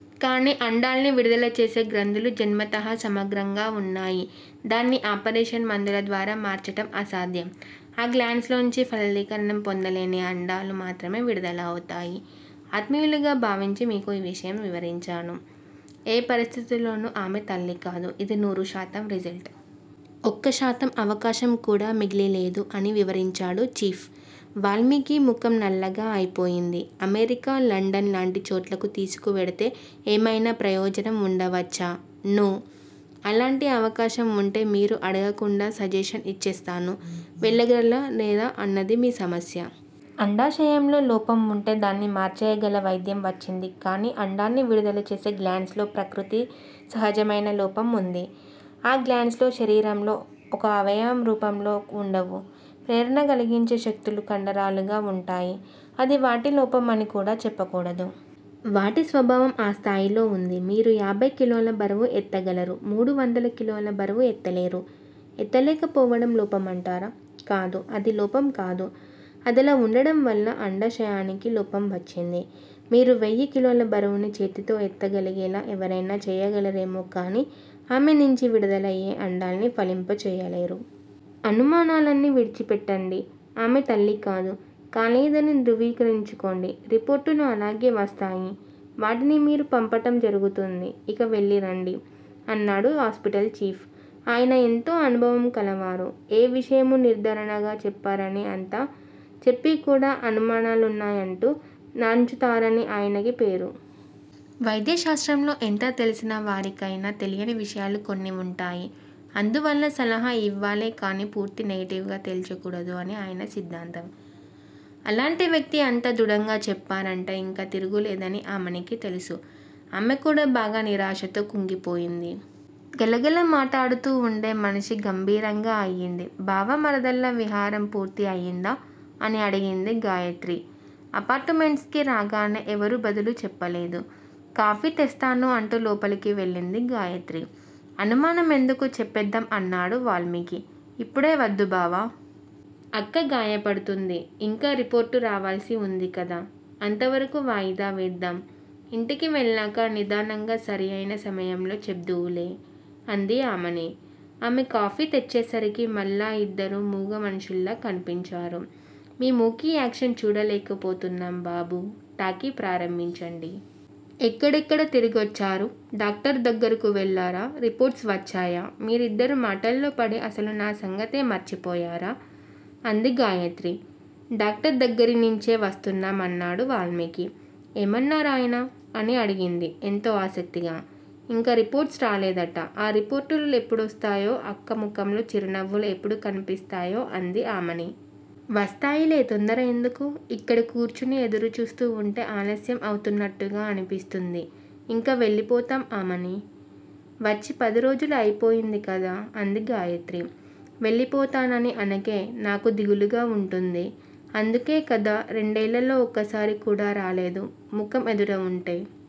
కాని అండాన్ని విడుదల చేసే గ్రంధులు జన్మతః సమగ్రంగా ఉన్నాయి. దాన్ని ఆపరేషన్, మందులద్వారా మార్చటం అసాధ్యం! ఆ గ్లాండ్స్ లోంచి ఫలదీకరణం పొందలేని అండాలు మాత్రమే విడుదల అవుతాయి. ఆత్మీయులుగా భావించి మీకు ఈ విషయం వివరించాను. ఏ పరిస్థితిలోనూ ఆమె తల్లికాదు. ఇది నూరుశాతం రిజల్ట్! ఒక్క శాతం అవకాశం కూడా మిగిలి లేదు అని వివరించాడు చీఫ్! వాల్మీకి ముఖం నల్లగా అయిపొయింది. అమెరికా లండన్ లాంటి చోట్లకు తీసుకు వెడితే ఏమయినా ప్రయోజనం వుండవచ్చా. నో! అలాంటి అవకాశం వుంటే మీరు అడగకుండా సజెషన్ ఇచ్చేస్తాను. వెళ్ళగలరా లేదా అన్నది మీ సమస్య. అండాశయంలో లోపం వుంటే దాన్ని మార్చేయగల వైద్యం వచ్చింది. కాని అండాన్ని విడుదల చేసే గ్లాండ్స్ లో ప్రకృతి సహజమయిన లోపం ఉంది. ఆ గ్లాండ్స్ శరీరంలో ఒక అవయవం రూపంలో వుండవు. ప్రేరణకలిగించే శక్తులుగా కండరాలుగా ఉంటాయి. అది వాటి లోపం అని కూడ చెప్పకూడదు. వాటి స్వభావం ఆ స్థాయిలో ఉంది! మీరు యాభై కిలోల బరువు ఎత్తగలరు. మూడు వందల కిలోల బరువు ఎత్తలేరు. ఎత్తలేక పోవడం లోపమంటారా? కాదు అది లోపం కాదు. అదలా వుండడంవల్ల అండాశయానికి లోపం వచ్చింది. మీరు వెయ్యి కిలోల బరువుని చేతితో ఎత్తగలిగేలా ఎవరయినా చేయగలరేమోకాని ఆమె నించి విడుదలయే అండాన్ని ఫలింపచేయలేరు. అనుమానాలన్నీ విడిచిపెట్టండి! ఆమె తల్లి కాదు కాలేదని ధృవీకరించుకోండి. రిపోర్టులు అలాగే వస్తాయి. వాటిని మీకు పంపటం జరుగుతుంది! ఇక వెళ్ళిరండి! అన్నాడు హాస్పిటల్ చీఫ్! ఆయన ఎంతో అనుభవం కలవారు. ఏ విషయమూ నిర్ధారణగా చెప్పరని అంతా చెప్పికూడ అనుమానాలున్నాయంటూ నాన్చుతారని ఆయనకి పేరు. వైద్య శాస్త్రంలో ఎంత తెలిసిన వారికయినా తెలియని విషయాలు కొన్ని వుంటాయి. అందువల్ల సలహా యివ్వాలేకాని పూర్తి నెగెటివ్ గా తేల్చకూడదు అని ఆయన సిద్ధాంతం. అలాంటి వ్యక్తి అంత దృఢంగా చెప్పారంటే ఇంక తిరుగులేదని అమనికి తెలుసు! ఆమె కూడ బాగా నిరాశతో కుంగిపోయింది. గలగల మాటాడుతూ వుండే మనిషి గంభీరంగా అయింది. బావా మరదళ్ళ విహారం పూర్తి అయిందా? అని అడిగింది గాయత్రి అపార్టుమెంట్స్ కి రాగానే, ఎవరూ బదులు చెప్పలేదు. కాఫీ తెస్తాను అంటూ లోపలికి వెళ్ళింది గాయత్రి. అనుమానం ఎందుకు చెప్పేద్దాం అన్నాడు వాల్మీకి. ఇప్పుడే వద్దు బావా! అక్క గాయపడుతుంది. ఇంకా రిపోర్టు రావాల్సి వుంది కదా! అంతవరకూ వాయిదా వేద్దాం! ఇంటికి వెళ్ళాక నిదానంగా సరి అయిన సమయంలో చెప్దువులే! అంది ఆమని. ఆమె కాఫీ తెచ్చేసరికి మళ్ళా యిద్దరూ మూగ మనుషుల్లా కన్పించారు. మీ మూకీ యాక్షన్ చూడలేకపోతున్నాం బాబూ! టాకీ ప్రారంభించండి. ఎక్కడెక్కడ తిరిగొచ్చారు. డాక్టర్ దగ్గరకు వెళ్ళారా? రిపోర్ట్స్ వచ్చాయా? మీరిద్దరూ మాటల్లోపడి అసలు నా సంగతే మర్చిపోయారా? అంది గాయత్రి. డాక్టర్ దగ్గరినించే వస్తున్నాం అన్నాడు వాల్మీకి. ఏమన్నారాయన? అని అడిగింది ఎంతో ఆసక్తిగా. ఇంకా రిపోర్ట్సు రాలేదట! ఆ రిపోర్టులు ఎప్పుడొస్తాయో! అక్క ముఖంలో చిరునవ్వులు ఎప్పుడు కనిపిస్తాయో అంది ఆమని. వస్తాయిలే తొందర ఎందుకు? ఇక్కడ కూర్చుని ఎదురుచూస్తూ వుంటే ఆలస్యం అవుతున్నట్టుగా అనిపిస్తుంది. ఇంక వెళ్ళిపోతాం ఆమనీ! వచ్చి పది రోజులు అయిపొయింది కదా? అంది గాయత్రి. వెళ్ళిపోతానని అనకే నాకు దిగులుగా వుంటుంది. అందుకే కదా రెండేళ్ళలో ఒక్కసారి కూడా రాలేదు. ముఖం ఎదుట వుంటే